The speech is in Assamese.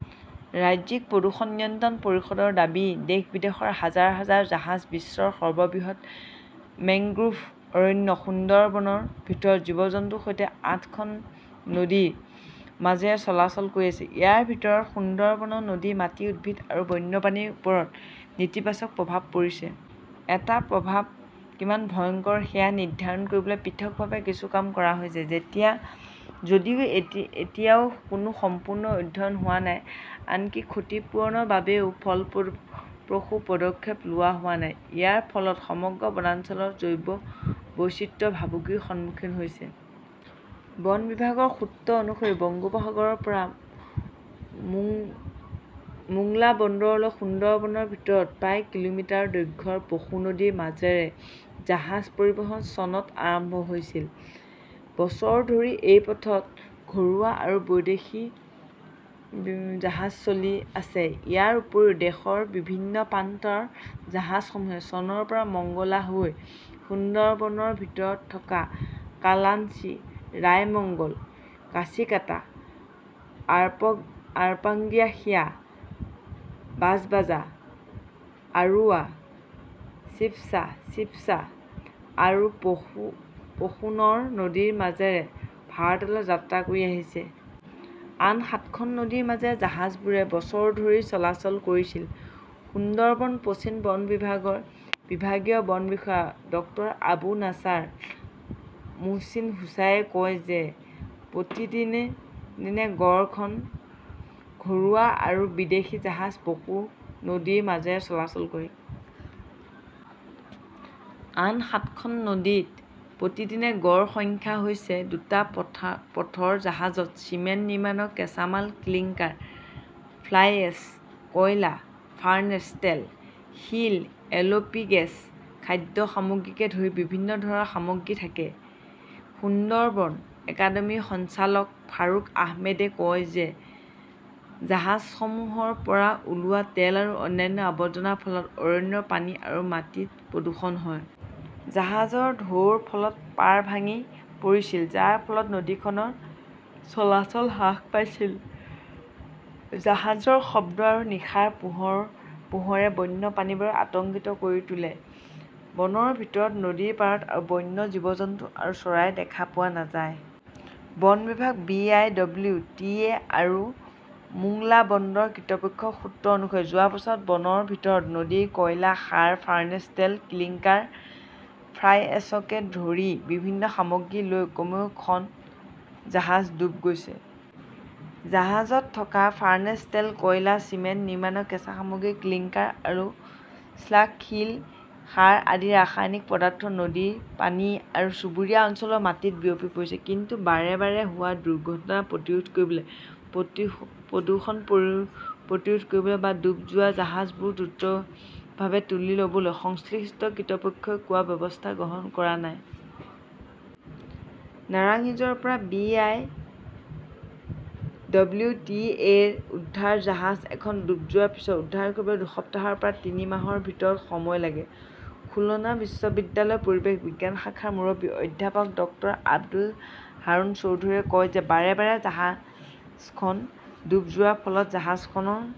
ৰাজ্যিক প্ৰদূষণ নিয়ন্ত্ৰণ পৰিষদৰ দাবী দেশ-বিদেশৰ হাজাৰ হাজাৰ জাহাজ বিশ্বৰ সৰ্ববৃহৎ মেংগ্ৰোভ অৰণ্য সুন্দৰবনৰ ভিতৰত জীৱ-জন্তুৰ সৈতে আঠখন নদীৰ মাজেৰে চলাচল কৰি আছে। ইয়াৰ ফলত সুন্দৰবনৰ নদী, মাটি, উদ্ভিদ আৰু বন্যপ্ৰাণীৰ ওপৰত নেতিবাচক প্ৰভাৱ পৰিছে। এই প্ৰভাৱ কিমান ভয়ংকৰ সেয়া নিৰ্ধাৰণ কৰিবলৈ পৃথকভাৱে কিছু কাম কৰা হৈছে যদিও এতিয়াও কোনো সম্পূৰ্ণ অধ্যয়ন হোৱা নাই। আনকি ক্ষতি পূৰণৰ বাবেও ফলপ্ৰসূ পদক্ষেপ লোৱা হোৱা নাই। ইয়াৰ ফলত সমগ্ৰ বনাঞ্চলৰ জৈৱ বৈচিত্ৰ্য ভাবুকিৰ সন্মুখীন হৈছে। বন বিভাগৰ সূত্ৰ অনুসৰি, বংগোপসাগৰৰ পৰা মোংলা বন্দৰলৈ সুন্দৰবনৰ ভিতৰত প্ৰায় কিলোমিটাৰ দৈৰ্ঘ্যৰ পশু নদীৰ মাজেৰে জাহাজ পৰিবহণ চনত আৰম্ভ হৈছিল। বছৰ ধৰি এই পথত ঘৰুৱা আৰু বিদেশী জাহাজ চলি আছে। ইয়াৰ উপৰিও, দেশৰ বিভিন্ন প্ৰান্তৰ জাহাজসমূহে চনৰ পৰা মংগলা হৈ সুন্দৰবনৰ ভিতৰত থকা কালিঞ্চি, ৰায়মঙ্গল, কাছিকাটা, আৰপঙ্গাসিয়া, বাজবাজা, আৰুৱা শিৱছা, শিৱছা আৰু পশুনৰ নদীৰ মাজেৰে ভাৰতলৈ যাত্ৰা কৰি আহিছে। আন সাতখন নদীৰ মাজেৰে জাহাজবোৰে বছৰ ধৰি চলাচল কৰিছিল। সুন্দৰবন পশ্চিম বন বিভাগৰ বিভাগীয় বন বিষয়া ডক্টৰ আবু নাছাৰ মোহচিন হুচেনে কয় যে প্ৰতিদিনে গড় খন ঘৰুৱা আৰু বিদেশী জাহাজ পশু নদীৰ মাজেৰে চলাচল কৰে। আন সাতখন নদীত প্ৰতিদিনে গড় সংখ্যা হৈছে। দুটা পথৰ জাহাজত চিমেণ্ট নিৰ্মাণৰ কাঁচামাল ক্লিংকাৰ, ফ্লাইএছ, কয়লা, ফাৰ্নেচ তেল, শিল, এলপি গেছ, খাদ্য সামগ্ৰীকে ধৰি বিভিন্ন ধৰণৰ সামগ্ৰী থাকে। সুন্দৰবন একাডেমীৰ সঞ্চালক ফাৰুক আহমেদে কয় যে জাহাজসমূহৰ পৰা ওলোৱা তেল আৰু অন্যান্য আৱৰ্জনাৰ ফলত অৰণ্যৰ পানী আৰু মাটিত প্ৰদূষণ হয়। জাহাজৰ ঢৌৰ ফলত পাৰ ভাঙি পৰিছিল, যাৰ ফলত নদীখনৰ চলাচল হ্ৰাস পাইছিল। জাহাজৰ শব্দ আৰু নিশাৰ পোহৰে বন্যপ্ৰাণীবোৰক আতংকিত কৰি তোলে। বনৰ ভিতৰত নদীৰ পাৰত আৰু বন্য জীৱ-জন্তু আৰু চৰাই দেখা পোৱা নাযায়। বন বিভাগ, B. I. W. T. A. আৰু মোংলা বন্দৰ কৰ্তৃপক্ষৰ সূত্ৰ অনুসৰি যোৱা বছৰত বনৰ ভিতৰৰ নদীত কয়লা, সাৰ, ফাৰ্নেচ তেল, ক্লিংকাৰ, ফ্লাইএশ্বকে ধৰি বিভিন্ন সামগ্ৰী লৈ কমেও খন জাহাজ ডুব গৈছে। জাহাজত থকা ফাৰ্নেছ তেল, কয়লা, চিমেণ্ট নিৰ্মাণৰ কেঁচা সামগ্ৰী ক্লিংকাৰ আৰু স্লাগ, শিল, সাৰ আদি ৰাসায়নিক পদাৰ্থ নদীৰ পানী আৰু চুবুৰীয়া অঞ্চলৰ মাটিত বিয়পি পৰিছে। কিন্তু বাৰে বাৰে হোৱা দুৰ্ঘটনা প্ৰতিৰোধ কৰিবলৈ, প্ৰদূষণ প্ৰতিৰোধ কৰিবলৈ বা ডুব যোৱা জাহাজবোৰ দ্ৰুতভাৱে তুলি ল "বলৈ সংশ্লিষ্ট কৰ্তৃপক্ষই কোনো ব্যৱস্থা গ্ৰহণ কৰা নাই। নাৰাংইজৰ পৰা বি. আই. ডব্লিউ. টি. এ.ৰ উদ্ধাৰ জাহাজ এখন ডুব যোৱাৰ পিছত উদ্ধাৰ কৰিবলৈ দুসপ্তাহৰ পৰা তিনি মাহৰ ভিতৰত সময় লাগে। খুলনা বিশ্ববিদ্যালয়ৰ পৰিৱেশ বিজ্ঞান শাখাৰ মুৰব্বী অধ্যাপক ডক্টৰ আব্দুল্লাহ হাৰুন চৌধুৰীয়ে কয় যে বাৰে বাৰে জাহাজখন ডুব যোৱাৰ ফলত জাহাজখনৰ